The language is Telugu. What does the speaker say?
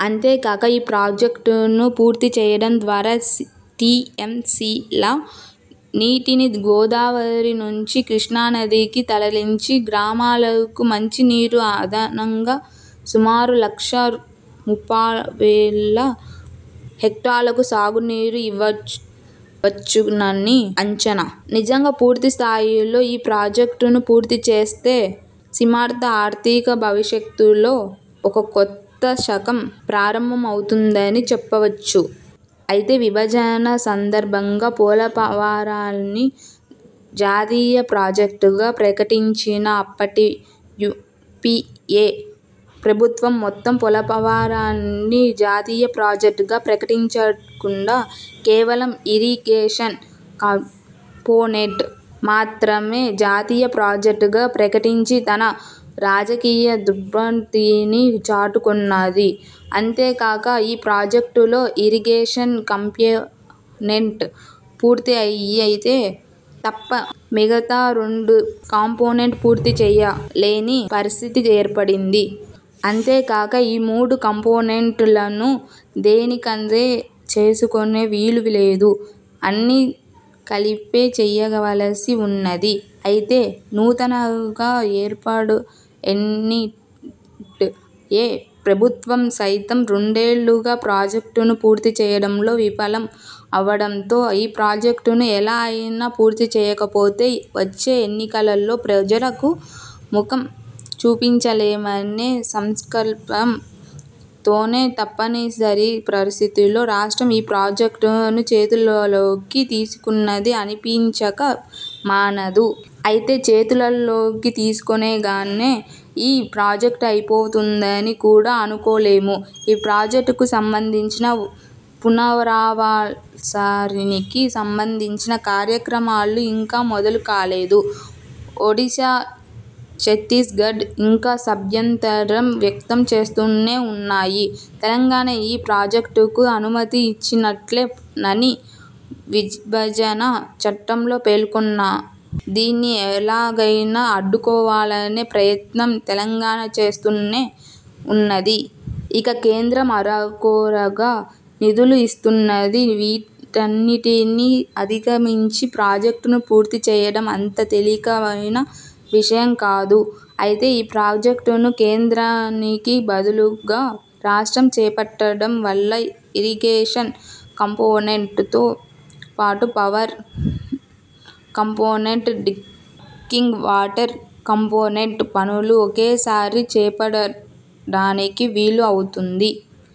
అంతే కాక ఈ ప్రాజెక్ట్ ను పూర్తి చేయడం ద్వారా టీఎంసీ ల నీటిని గోదావరి నుంచి కృష్ణా నదికి తరలించి గ్రామాలకు మంచి నీరు, అదనంగా సుమారు లక్షా ముప్పైవేల హెక్టార్లకు సాగు నీరు ఇవ్వవచ్చునని అంచనా. నిజంగా పూర్తి స్థాయిలో ఈ ప్రాజెక్ట్ ను పూర్తి చేస్తే సీమాంధ్ర ఆర్ధిక భవిష్యత్తు లో ఒక కొత్త శకం ప్రారంభం అవుతుందని చెప్పవచ్చు. అయితే విభజన సందర్భంగా పోలవరాన్ని జాతీయ ప్రాజెక్ట్ గా ప్రకటించిన అప్పటి యూపీఏ ప్రభుత్వం మొత్తం పోలవరాన్ని జాతీయ ప్రాజెక్ట్ గా ప్రకటించకుండా కేవలం ఇరిగేషన్ కంపోనెంట్ మాత్రమే జాతీయ ప్రాజెక్ట్ గా ప్రకటించి తన రాజకీయ దుర్భుద్ధిని చాటుకొన్నది. అంతే కాక ఈ ప్రాజెక్టులో ఇరిగేషన్ కంపోనెంట్ పూర్తి అయితే తప్ప, మిగతా రెండు కంపోనెంట్ పూర్తి చేయలేని పరిస్థితి ఏర్పడింది. అంతే కాక ఈ మూడు కంపోనెంట్ లను దేనికదే చేసుకొనే వీలు లేదు. అన్ని కలిపే చేయవలసి ఉన్నది. అయితే నూతనంగా ఏర్పడ్డ ఎన్డీయే ప్రభుత్వం సైతం రెండేళ్లుగా ప్రాజెక్ట్ ను పూర్తి చేయడం లో విఫలం అవ్వడంతో, ఈ ప్రాజెక్ట్ ను ఎలా అయినా పూర్తి చేయకపోతే వచ్చే ఎన్నికలలో ప్రజలకు ముఖం చూపించలేమనే సంకల్పం తోనే తప్పనిసరి పరిస్థితిలో రాష్ట్రం ఈ ప్రాజెక్ట్ ను చేతులలోకి తీసుకున్నది అనిపించక మానదు. అయితే చేతులలోకి తీసుకోగానే, ఈ ప్రాజెక్ట్ అయిపోతుందని కూడా అనుకోలేము. ఈ ప్రాజెక్ట్ కు సంబంధించి పునరావాసానికి సంబంధిచిన కార్యక్రమాలు ఇంకా మొదలు కాలేదు. ఒడిశా, ఛత్తీస్గఢ్లు ఇంకా అభ్యంతరం వ్యక్తం చేస్తూనే ఉన్నాయి. తెలంగాణ ఈ ప్రాజెక్ట్ కు అనుమతి ఇచ్చినట్లే నని, విభజన చట్టంలో పేర్కొన్నా- దీన్ని ఎలాగైనా అడ్డుకోవాలనే ప్రయత్నం తెలంగాణ చేస్తూనే ఉన్నది. ఇక కేంద్రం అరకొరగా నిధులు ఇస్తున్నది. వీటన్నిటినీ అధిగమించి ప్రాజెక్ట్ ను పూర్తి చేయడం అంత తేలికయిన విషయం కాదు. అయితే ఈ ప్రాజెక్ట్ ను కేంద్రానికి బదులు గా రాష్ట్రం చేపట్టడం వల్ల ఇరిగేషన్ కంపోనెంట్ తో పాటు, power component, drinking water component పనులు ఒకేసారి చేపట్టడానికి వీలు అవుతుంది.